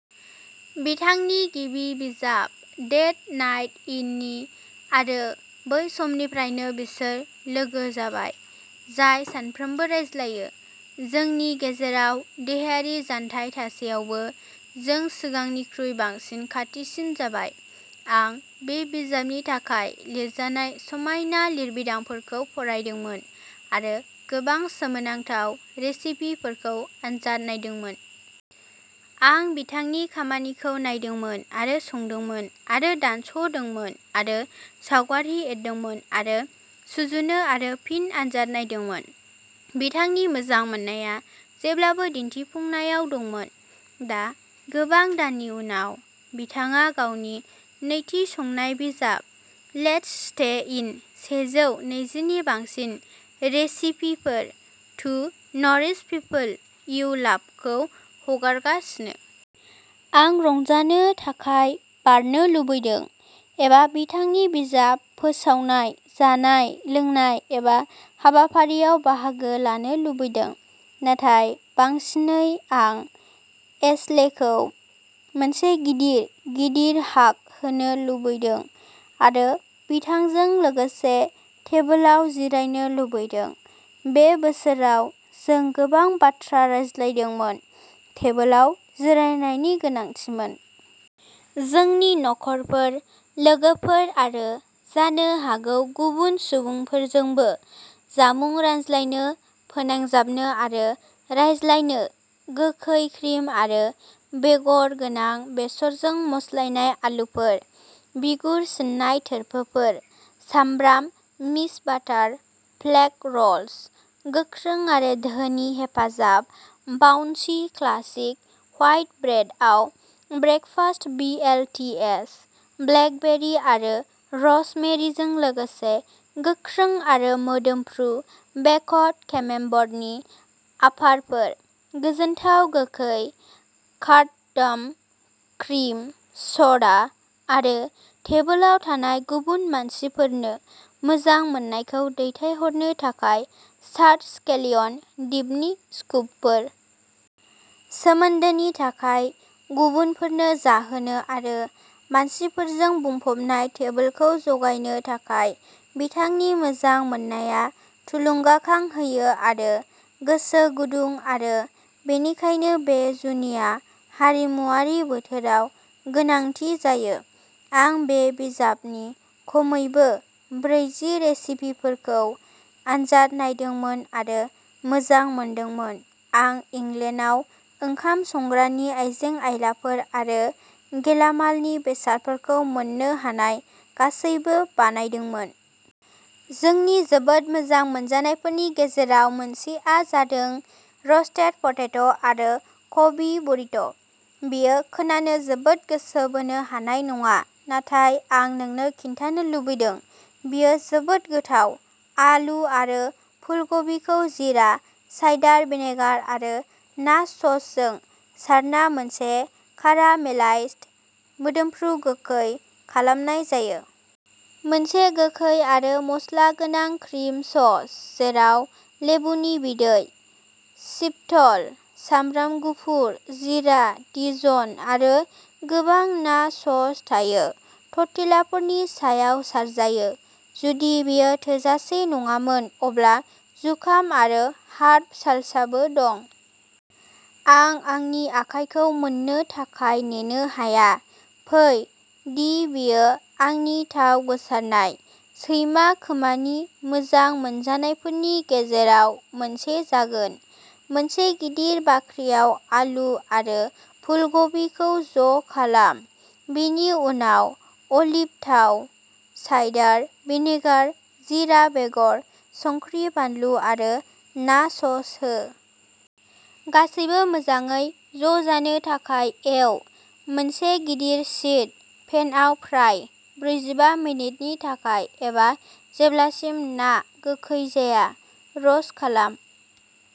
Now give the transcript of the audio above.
बिथांनि गिबि बिजाब डेट नाइट इननि आरो बै समनिफ्रायनो बिसोर लोगो जाबाय जाय सानफ्रोमबो रायज्लायो। जोंनि गेजेराव देहायारि जानथाय थासेयावबो जों सिगांनिख्रुइ बांसिन खाथिसिन जाबाय। आं बे बिजाबनि थाखाय लिरजानाय समायना लिरबिदांफोरखौ फरायदोंमोन आरो गोबां सोमोनांथाव रेसिपिफोरखौ आनजाद नायदोंमोन। आं बिथांनि खामानिखौ नायदोंमोन आरो संदोंमोन आरो दानस' दोंमोन आरो सावगारि एरदोंमोन आरो सुजुनो आरो फिन आनजाद नायदोंमोन बिथांनि मोजां मोननाया जेब्लाबो दिन्थिफुंनायाव दंमोन। दा गोबां दाननि उनाव बिथाङा गावनि नैथि संनाय बिजाब लेट्स स्टे इन सेजौ नैजिनि बांसिन रेसिपिफोर टु न'रिश पिपोल इउ लाभखौ हगारगासिनो। आं रंजानो थाखाय बारनो लुबैदों एबा बिथांनि बिजाब फोसावनाय जानाय लोंनाय एबा हाबाफारिफोराव बाहागो लानो लुबैदों नाथाय बांसिनै आं एशलेखौ मोनसे गिदिर गिदिर हाग होनो लुबैदों आरो बिथांजों लोगोसे टेबोलाव जिरायनो लुबैदों। बे बोसोराव जों गोबां बाथ्रा रायज्लायदोंमोन टेबोलाव जिरायनायनि गोनांथिमोन। जोंनि नखरफोर लोगोफोर आरो जानो हागौ गुबुन सुबुंफोरजोंबो जामुं रानलायनो फोनांजाबनो आरो रायज्लायनो गोखै क्रिम आरो बेगर गोनां बेसरजों मस्लायनाय आलुफोर बिगुर सिननाय थोरफोफोर सामब्राम मिस'बाटार फ्लेक र'ल्स गोख्रों आरो धोनि हेफाजाब बाउन्सि क्लासिक व्हाइट ब्रेडआव breakfast B L T S blackberry आरो रोजमेरीजों लोगोसे गोख्रों आरो मोदोमफ्रु बेकड केमेम्बर्टनि आफारफोर गोजोनथाव गोखै कार्डामम क्रिम स'डा आरो टेबोलाव थानाय गुबुन मानसिफोरनो मोजां मोननायखौ दैथायहरनो थाखाय चार्ड स्केलियन डिपनि स्कुपफोर। सोमोन्दोनि थाखाय, गुबुनफोरनो जाहोनो आरो मानसिफोरजों बुंफबनाय टेबोलखौ जगायनो थाखाय बिथांनि मोजां मोननाया थुलुंगाखां होयो आरो गोसो गुदुं आरो बेनिखायनो बे जुनिया हारिमुआरि बोथोराव गोनांथि जायो। आं बे बिजाबनि खमैबो ब्रैजि रेसिपिफोरखौ आनजाद नायदोंमोन आरो मोजां मोनदोंमोन आं इंलेन्डआव ओंखाम संग्रानि आइजें आइलाफोर आरो गेलामालनि बेसादफोरखौ मोननो हानाय गासैबो बानायदोंमोन। जोंनि जोबोद मोजां मोनजानायफोरनि गेजेराव मोनसेआ जादों रस्टेड पटेटो आरो कबि बुरिट बेयो खोनानो जोबोद गोसो बोनो हानाय नङा नाथाय आं नोंनो खिन्थानो लुबैदों बेयो जोबोद गोथाव आलु आरो फुलकबिखौ जीरा साइडार भिनेगार आरो ना ससजों सारना मोनसे कारामेलाइज्ड मोदोमफ्रु गोखै खालामनाय जायो। मोनसे गोखै आरो मस्ला गोनां क्रिम सस जेराव लेबुनि बिदै, चिपटल, सामब्राम गुफुर, जीरा, डिजन आरो गोबां ना सस थायो टर्टिलाफोरनि सायाव सारजायो। जुदि बेयो थोजासे नङामोन अब्ला जुखाम आरो हार्ब सालसाबो दं। आं आंनि आखायखौ मोन्नो थाखाय नेनो हाया फै दि बेयो आंनि थाव गोसारनाय सैमा खोमानि मोजां मोनजानायफोरनि गेजेराव मोनसे जागोन। मोनसे गिदिर बाख्रियाव आलु आरो फुलकबिखौ ज' खालाम। बेनि उनाव अलिभ थाव, साइडार भिनेगार, जीरा बेगर, संख्रि, बानलु आरो ना सस हो। गासैबो मोजाङै ज' जानो थाखाय एव। मोनसे गिदिर शीट पेनआव फ्राय ब्रैजिबा मिनिटनि थाखाय एबा जेब्लासिम ना गोखै जाया र'स्ट खालाम।